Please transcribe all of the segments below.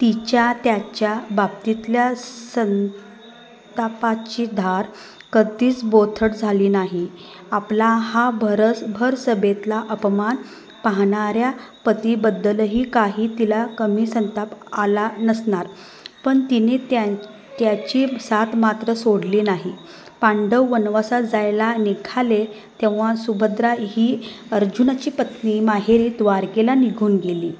तिच्या त्यांच्या बाबतीतल्या संतापाची धार कधीच बोथट झाली नाही. आपला हा भरसभेतला अपमान पाहणार्या पतींबद्दलही काही तिला कमी संताप आला नसणार, पण तिने त्यांची साथ मात्र सोडली नाही. पांडव वनवासात जायला निघाले, तेव्हा सुभद्रा ही अर्जुनाची पत्नी माहेरी, द्वारकेला निघून गेली.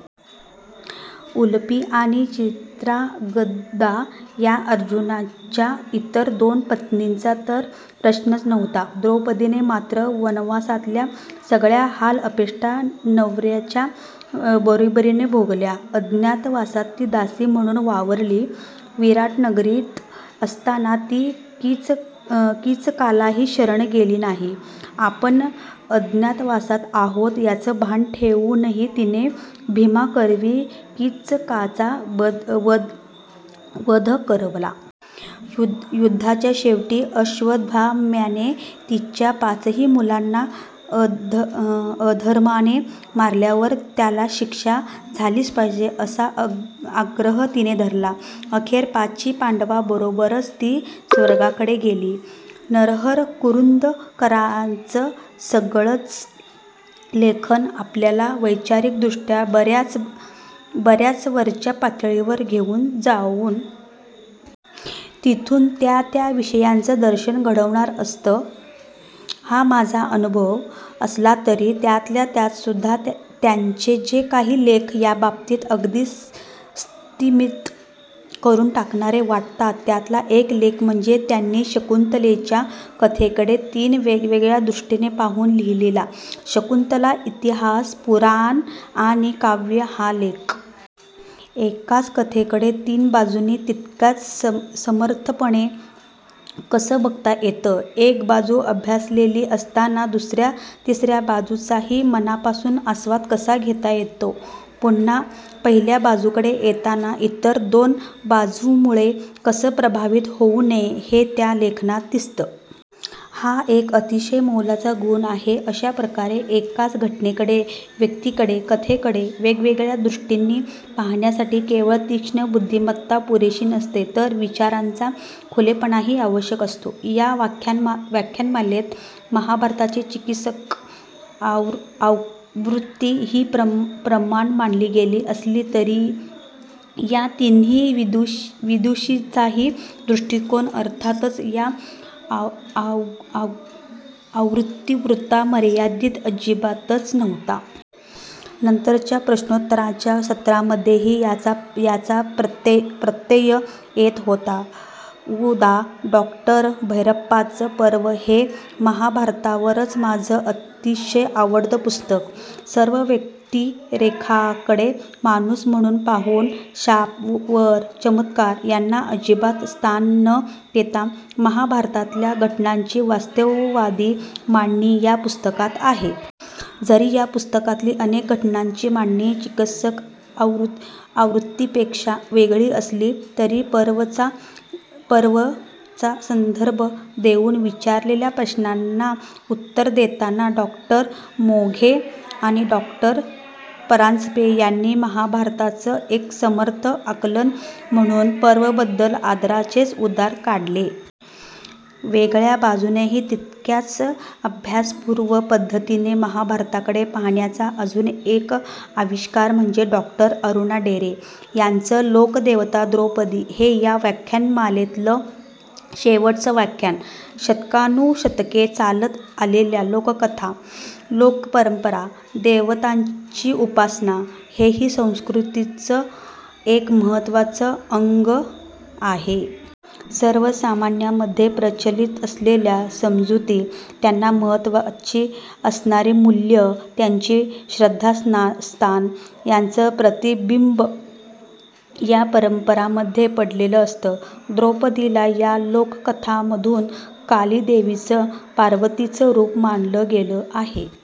उलूपी आणि चित्रांगदा या अर्जुनाच्या इतर दोन पत्नींचा तर प्रश्नच नव्हता. द्रौपदीने मात्र वनवासातल्या सगळ्या हालअपेष्टा नवर्यांच्या बरोबरीने भोगल्या. अज्ञातवासात ती दासी म्हणून वावरली. विराटनगरीत असताना ती कीचकालाही शरण गेली नाही. आपण अज्ञातवासात आहोत याचं भान ठेवूनही तिने भीमाकरवी कीचकाचा वध करवला. युद्धाच्या शेवटी अश्वत्थाम्याने तिच्या पाचही मुलांना अधर्माने मारल्यावर त्याला शिक्षा झालीच पाहिजे, असा आग्रह तिने धरला. अखेर पाची पांडवांबरोबरच ती स्वर्गाकडे गेली. नरहर कुरुंदकरांचं सगळंच लेखन आपल्याला वैचारिकदृष्ट्या बर्याच वरच्या पातळीवर घेऊन जाऊन तिथून त्या त्या विषयाचं दर्शन घडवणारं असतं हा माझा अनुभव असला, तरी त्यातल्या त्यातसुद्धा त्यांचे जे काही लेख या बाबतीत अगदी स्तिमित करून टाकणारे वाटतात, त्यातला एक लेख म्हणजे त्यांनी शकुंतलेच्या कथेकडे तीन वेगवेगळ्या दृष्टींनी पाहून लिहिलेला ' शकुंतला: इतिहास, पुराण आणि काव्य' हा लेख. एकाच कथेकडे तीन बाजूंनी तितक्याच समर्थपणे कसं बघता येतं, एक बाजू अभ्यासलेली असताना दुसर्या, तिसर्या बाजूंचाही मनापासून आस्वाद कसा घेता येतो, पुन्हा पहिल्या बाजूकडे येताना इतर दोन बाजूंमुळे कसं प्रभावित होऊ नये, हे त्या लेखनात दिसतं. हा एक अतिशय मोलाचा गुण आहे. अशा प्रकारे एकाच घटनेकडे, व्यक्तीकडे, कथेकडे वेगवेगळ्या दृष्टींनी पाहण्यासाठी केवळ तीक्ष्ण बुद्धिमत्ता पुरेशी नसते, तर विचारांचा खुलेपणाही आवश्यक असतो. या व्याख्यानमालेत महाभारताची चिकित्सक आवृत्ती ही प्रमाण मानली गेली असली, तरी या तिन्ही विदुषींचाही दृष्टिकोन अर्थातच या आवृत्तीपुरता मर्यादित अजिबातच नव्हता. नंतरच्या प्रश्नोत्तरांच्या सत्रांमध्येही याचा प्रत्यय येत होता. उदा. डॉ. भैरप्पांचं 'पर्व' हे महाभारतावरचं माझं अतिशय आवडतं पुस्तक. सर्व व्यक्तिरेखांकडे 'माणूस' म्हणून पाहून, शाप, वर, चमत्कार यांना अजिबात स्थान न देता, महाभारतातल्या घटनांची वास्तववादी मांडणी या पुस्तकात आहे. जरी या पुस्तकातली अनेक घटनांची मांडणी चिकित्सक आवृत्तीपेक्षा वेगळी असली, तरी 'पर्व' चा संदर्भ देऊन विचारलेल्या प्रश्नांना उत्तरं देताना डॉ. मोघे आणि डॉ. परांजपे यांनी महाभारताचं एक समर्थ आकलन म्हणून 'पर्व'बद्दल आदराचेच उद्गार काढले. वेगळ्या बाजूनेही तितक्याच अभ्यासपूर्ण पद्धतीने महाभारताकडे पाहण्याचा अजून एक आविष्कार म्हणजे डॉ. अरुणा ढेरे यांचं 'लोकदेवता द्रौपदी' हे या व्याख्यानमालेतलं शेवटचं व्याख्यान. शतकानुशतके चालत आलेल्या लोककथा, लोकपरंपरा, देवतांची उपासना हेही संस्कृतीचं एक महत्त्वाचं अंग आहे. सर्वसामान्यांमध्ये प्रचलित असलेल्या समजुती, त्यांना महत्त्वाची असणारी मूल्यं, त्यांची श्रद्धास्थानं यांचं प्रतिबिंब या परंपरांमध्ये पडलेलं असतं. द्रौपदीला या लोककथांमधून काली देवीचं, पार्वतीचं रूप मानलं गेलं आहे.